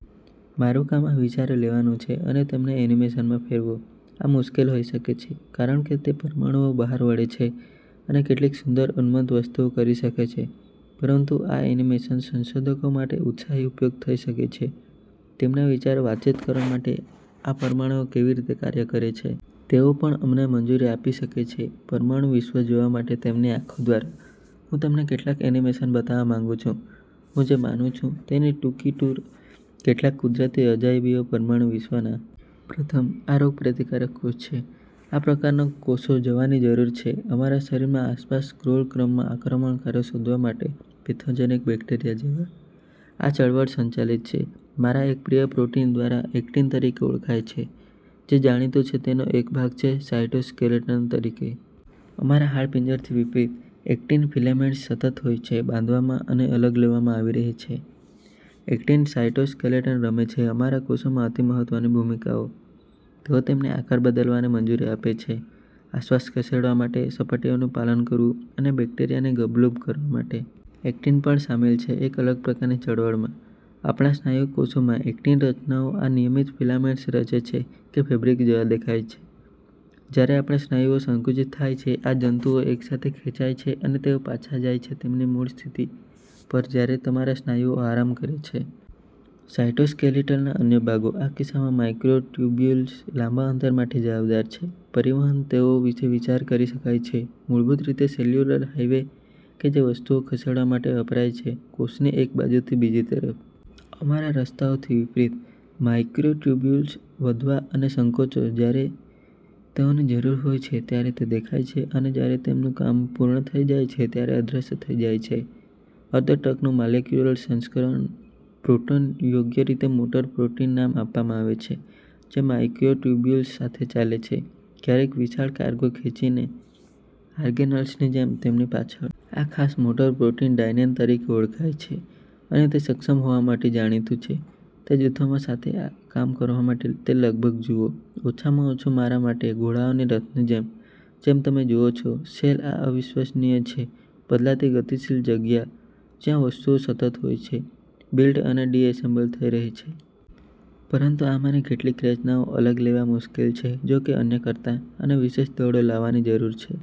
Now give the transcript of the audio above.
મારું કામ આ વિચારો લેવાનું છે અને તેમને એનિમેશનમાં ફેરવો. આ મુશ્કેલ હોઈ શકે છે, કારણ કે તે પરમાણુઓ બહાર વળે છે કેટલીક સુંદર ઉન્મત્ત વસ્તુઓ કરી શકે છે. પરંતુ આ એનિમેશન સંશોધકો માટે ઉત્સાહી ઉપયોગી થઈ શકે છે તેમના વિચારો વાતચીત કરવા માટે આ પરમાણુઓ કેવી રીતે કાર્ય કરે છે. તેઓ પણ અમને મંજૂરી આપી શકે છે પરમાણુ વિશ્વ જોવા માટે તેમની આંખો દ્વારા. હું તમને કેટલાક એનિમેશન બતાવવા માંગું છું, હું જે માનું છું તેની ટૂંકી ટૂર કેટલાક કુદરતી અજાયબીઓ પરમાણુ વિશ્વના. પ્રથમ, આ રોગપ્રતિકારક કોષ છે. આ પ્રકારના કોષો જવાની જરૂર છે અમારા શરીરમાં આસપાસ ક્રોલ ક્રમમાં આક્રમણકારો શોધવા માટે પેથોજેનિક બેક્ટેરિયા જેવા. આ ચળવળ સંચાલિત છે મારા એક પ્રિય પ્રોટીન દ્વારા એક્ટિન તરીકે ઓળખાય છે, જે જાણીતું છે તેનો એક ભાગ છે સાયટોસ્કેલેટન તરીકે. અમારા હાડપિંજરથી વિપરીત, એક્ટિન ફિલેમેન્ટ્સ સતત હોય છે બાંધવામાં અને અલગ લેવામાં આવી રહી છે. એક્ટિન સાયટોસ્કેલેટન રમે છે અમારા કોષોમાં અતિ મહત્વની ભૂમિકાઓ. તેઓ તેમને આકાર બદલવાની મંજૂરી આપે છે, આસપાસ ખસેડવા માટે, સપાટીઓનું પાલન કરવું અને બેક્ટેરિયાને ગબ્લૂબ કરવા માટે. એક્ટિન પણ સામેલ છે એક અલગ પ્રકારની ચળવળમાં. આપણા સ્નાયુ કોષોમાં, એક્ટિન રચનાઓ આ નિયમિત ફિલામેન્ટ્સ રચે છે કે ફેબ્રિક જેવા દેખાય છે. જ્યારે આપણા સ્નાયુઓ સંકુચિત થાય છે, આ જંતુઓ એક સાથે ખેંચાય છે અને તેઓ પાછા જાય છે તેમની મૂળ સ્થિતિ પર જ્યારે તમારા સ્નાયુઓ આરામ કરે છે. સાયટોસ્કેલિટલના અન્ય ભાગો, આ કિસ્સામાં માઇક્રોટ્યુબ્યુલ્સ, લાંબા અંતર માટે જવાબદાર છે પરિવહન તેઓ વિશે વિચાર કરી શકાય છે મૂળભૂત રીતે સેલ્યુલર હાઇવે કે જે વસ્તુઓ ખસેડવા માટે વપરાય છે કોષની એક બાજુથી બીજી તરફ. અમારા રસ્તાઓથી વિપરીત, માઇક્રોટ્યુબ્યુલ્સ વધવા અને સંકોચો, જ્યારે તેઓની જરૂર હોય ત્યારે દેખાય છે અને જ્યારે તેમનું કામ પૂર્ણ થાય છે ત્યારે અદૃશ્ય થઈ જાય છે. અર્ધ ટ્રકનું મોલેક્યુલર સંસ્કરણ પ્રોટીન યોગ્ય રીતે મોટર પ્રોટીન નામ આપવામાં આવે છે, જે માઇક્રોટ્યુબ્યુલ્સ સાથે ચાલે છે, ક્યારેક વિશાળ કાર્ગો ખેંચીને, ઓર્ગેનેલ્સની જેમ, તેમની પાછળ. આ ખાસ મોટર પ્રોટીન ડાયનેન તરીકે ઓળખાય છે, અને તે સક્ષમ હોવા માટે જાણીતું છે જૂથોમાં સાથે કામ કરવા માટે કે લગભગ જુઓ, ઓછામાં ઓછું મારા માટે, ઘોડાઓના રથની જેમ. જેમ તમે જુઓ છો, સેલ આ અવિશ્વસનીય છે બદલાતી, ગતિશીલ જગ્યા, જ્યાં વસ્તુઓ સતત હોય છે બિલ્ટ અને ડિસએસેમ્બલ થઈ રહી છે. પરંતુ આમાંની કેટલીક રચનાઓ અલગ લેવા મુશ્કેલ છે જોકે, અન્ય કરતા. અને વિશેષ દળો લાવવાની જરૂર છે